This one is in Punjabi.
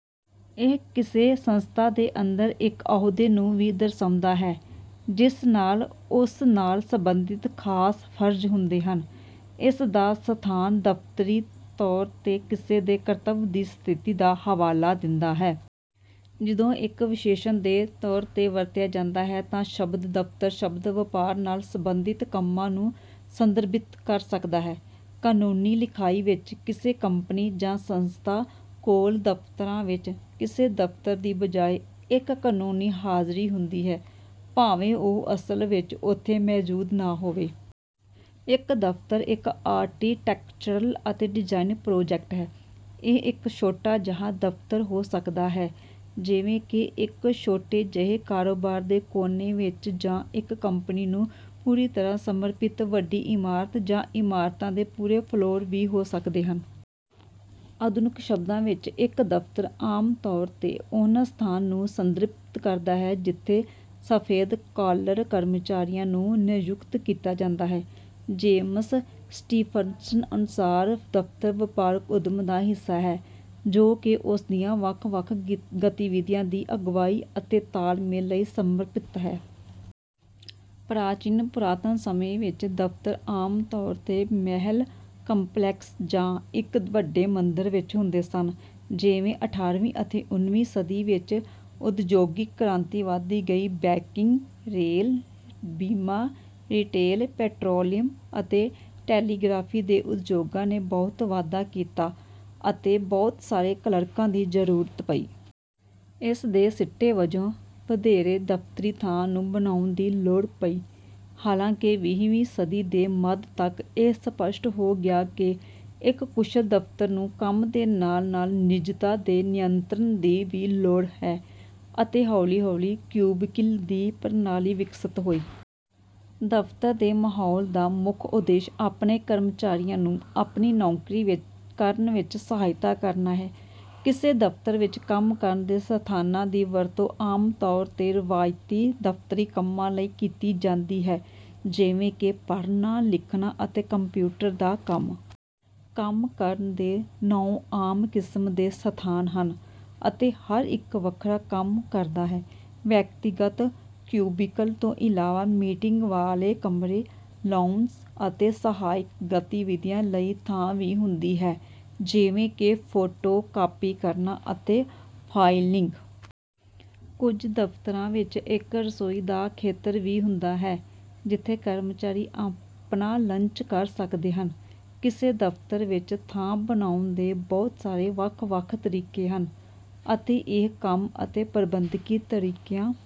ਇਹ ਕਿਸੇ ਸੰਸਥਾ ਦੇ ਅੰਦਰ ਇੱਕ ਅਹੁਦੇ ਨੂੰ ਵੀ ਦਰਸਾਉਂਦਾ ਹੈ ਜਿਸ ਨਾਲ ਉਸ ਨਾਲ ਸੰਬੰਧਿਤ ਖਾਸ ਫਰਜ਼ ਹੁੰਦੇ ਹਨ। ਇਸ ਦਾ ਸਥਾਨ ਦਫ਼ਤਰੀ ਤੌਰ ਤੇ ਕਿਸੇ ਦੇ ਕਰਤੱਵ ਦੀ ਸਥਿਤੀ ਦਾ ਹਵਾਲਾ ਦਿੰਦਾ ਹੈ। ਜਦੋਂ ਇੱਕ ਵਿਸ਼ੇਸ਼ਣ ਦੇ ਤੌਰ ਤੇ ਵਰਤਿਆ ਜਾਂਦਾ ਹੈ ਤਾਂ ਸ਼ਬਦ ਦਫ਼ਤਰ ਸ਼ਬਦ ਵਪਾਰ ਨਾਲ ਸੰਬੰਧਿਤ ਕੰਮਾਂ ਨੂੰ ਸੰਦਰਭਿਤ ਕਰ ਸਕਦਾ ਹੈ। ਕਾਨੂੰਨੀ ਲਿਖਾਈ ਵਿੱਚ ਕਿਸੇ ਕੰਪਨੀ ਜਾਂ ਸੰਸਥਾ ਕੋਲ ਦਫ਼ਤਰਾਂ ਵਿੱਚ ਕਿਸੇ ਦਫ਼ਤਰ ਦੀ ਬਜਾਏ ਇੱਕ ਕਾਨੂੰਨੀ ਹਾਜ਼ਰੀ ਹੁੰਦੀ ਹੈ ਭਾਵੇਂ ਉਹ ਅਸਲ ਵਿੱਚ ਉਥੇ ਮੌਜੂਦ ਨਾ ਹੋਵੇ। ਇੱਕ ਦਫ਼ਤਰ ਇੱਕ ਆਰਕੀਟੈਕਚਰਲ ਅਤੇ ਡਿਜ਼ਾਈਨ ਪ੍ਰਾਜੈਕਟ ਹੈ। ਇਹ ਇੱਕ ਛੋਟਾ ਜਿਹਾ ਦਫ਼ਤਰ ਹੋ ਸਕਦਾ ਹੈ ਜਿਵੇਂ ਕਿ ਇੱਕ ਛੋਟੇ ਜਿਹੇ ਕਾਰੋਬਾਰ ਦੇ ਕੋਨੇ ਵਿੱਚ ਜਾਂ ਇੱਕ ਕੰਪਨੀ ਨੂੰ ਪੂਰੀ ਤਰ੍ਹਾਂ ਸਮਰਪਿਤ ਵੱਡੀ ਇਮਾਰਤ ਜਾਂ ਇਮਾਰਤਾਂ ਦੇ ਪੂਰੇ ਫਲੋਰ ਵੀ ਹੋ ਸਕਦੇ ਹਨ। ਆਧੁਨਿਕ ਸ਼ਬਦਾਂ ਵਿੱਚ ਇੱਕ ਦਫ਼ਤਰ ਆਮ ਤੌਰ ਤੇ ਉਹਨਾਂ ਸਥਾਨ ਨੂੰ ਸੰਦਰਭਿਤ ਕਰਦਾ ਹੈ ਜਿੱਥੇ ਸਫੈਦ-ਕਾਲਰ ਕਰਮਚਾਰੀਆਂ ਨੂੰ ਨਿਯੁਕਤ ਕੀਤਾ ਜਾਂਦਾ ਹੈ। ਜੇਮਸ ਸਟੀਫਨਸਨ ਅਨੁਸਾਰ ਦਫ਼ਤਰ ਵਪਾਰਕ ਉੱਦਮ ਦਾ ਹਿੱਸਾ ਹੈ ਜੋ ਕਿ ਉਸ ਦੀਆਂ ਵੱਖ-ਵੱਖ ਗਤੀਵਿਧੀਆਂ ਦੀ ਅਗਵਾਈ ਅਤੇ ਤਾਲਮੇਲ ਲਈ ਸਮਰਪਿਤ ਹੈ। ਪ੍ਰਾਚੀਨ ਪੁਰਾਤਨ ਸਮੇਂ ਵਿੱਚ ਦਫ਼ਤਰ ਆਮ ਤੌਰ ਤੇ ਮਹਿਲ ਕੰਪਲੈਕਸ ਜਾਂ ਇੱਕ ਵੱਡੇ ਮੰਦਰ ਵਿੱਚ ਹੁੰਦੇ ਸਨ। ਜਿਵੇਂ ਅਠਾਰਵੀਂ ਅਤੇ ਉਨਵੀਂ ਸਦੀ ਵਿੱਚ ਉਦਯੋਗਿਕ ਕ੍ਰਾਂਤੀ ਵਧਦੀ ਗਈ ਬੈਂਕਿੰਗ, ਰੇਲ, ਬੀਮਾ, ਰਿਟੇਲ, ਪੈਟਰੋਲੀਅਮ ਅਤੇ ਟੈਲੀਗ੍ਰਾਫੀ ਦੇ ਉਦਯੋਗਾਂ ਨੇ ਬਹੁਤ ਵਾਧਾ ਕੀਤਾ ਅਤੇ ਬਹੁਤ ਸਾਰੇ ਕਲਰਕਾਂ ਦੀ ਜ਼ਰੂਰਤ ਪਈ। ਇਸਦੇ ਸਿੱਟੇ ਵਜੋਂ ਵਧੇਰੇ ਦਫ਼ਤਰੀ ਥਾਂ ਨੂੰ ਬਣਾਉਣ ਦੀ ਲੋੜ ਪਈ। ਹਾਲਾਂਕਿ ਵੀਹ ਵੀਂ ਸਦੀ ਦੇ ਮੱਧ ਤੱਕ ਇਹ ਸਪੱਸ਼ਟ ਹੋ ਗਿਆ ਕਿ ਇੱਕ ਕੁਸ਼ਲ ਦਫ਼ਤਰ ਨੂੰ ਕੰਮ ਦੇ ਨਾਲ ਨਾਲ ਨਿੱਜਤਾ ਦੇ ਨਿਯੰਤਰਣ ਦੀ ਵੀ ਲੋੜ ਹੈ ਅਤੇ ਹੌਲੀ ਹੌਲੀ ਕਿਊਬਿਕਲ ਦੀ ਪ੍ਰਣਾਲੀ ਵਿਕਸਿਤ ਹੋਈ। ਦਫ਼ਤਰ ਦੇ ਮਾਹੌਲ ਦਾ ਮੁੱਖ ਉਦੇਸ਼ ਆਪਣੇ ਕਰਮਚਾਰੀਆਂ ਨੂੰ ਆਪਣੀ ਨੌਕਰੀ ਕਰਨ ਵਿੱਚ ਸਹਾਇਤਾ ਕਰਨਾ ਹੈ। ਕਿਸੇ ਦਫ਼ਤਰ ਵਿੱਚ ਕੰਮ ਕਰਨ ਦੇ ਸਥਾਨਾਂ ਦੀ ਵਰਤੋਂ ਆਮ ਤੌਰ ਤੇ ਰਵਾਇਤੀ ਦਫ਼ਤਰੀ ਕੰਮਾਂ ਲਈ ਕੀਤੀ ਜਾਂਦੀ ਹੈ ਜਿਵੇਂ ਕਿ ਪੜ੍ਹਨਾ, ਲਿਖਣਾ ਅਤੇ ਕੰਪਿਊਟਰ ਦਾ ਕੰਮ। ਕੰਮ ਕਰਨ ਦੇ ਨੌਂ ਆਮ ਕਿਸਮ ਦੇ ਸਥਾਨ ਹਨ ਅਤੇ ਹਰ ਇੱਕ ਵੱਖਰਾ ਕੰਮ ਕਰਦਾ ਹੈ। ਵਿਅਕਤੀਗਤ ਕਿਊਬਿਕਲ ਤੋਂ ਇਲਾਵਾ ਮੀਟਿੰਗ ਵਾਲੇ ਕਮਰੇ, ਲਾਉਂਜ ਅਤੇ ਸਹਾਇਕ ਗਤੀਵਿਧੀਆਂ ਲਈ ਥਾਂ ਵੀ ਹੁੰਦੀ ਹੈ ਜਿਵੇਂ ਕਿ ਫੋਟੋ ਕਾਪੀ ਕਰਨਾ ਅਤੇ ਫਾਈਲਿੰਗ। ਕੁਝ ਦਫ਼ਤਰਾਂ ਵਿੱਚ ਇੱਕ ਰਸੋਈ ਦਾ ਖੇਤਰ ਵੀ ਹੁੰਦਾ ਹੈ ਜਿੱਥੇ ਕਰਮਚਾਰੀ ਆਪਣਾ ਲੰਚ ਕਰ ਸਕਦੇ ਹਨ। ਕਿਸੇ ਦਫ਼ਤਰ ਵਿੱਚ ਥਾਂ ਬਣਾਉਣ ਦੇ ਬਹੁਤ ਸਾਰੇ ਵੱਖ-ਵੱਖ ਤਰੀਕੇ ਹਨ ਅਤੇ ਇਹ ਕੰਮ ਅਤੇ ਪ੍ਰਬੰਧਕੀ ਤਰੀਕਿਆਂ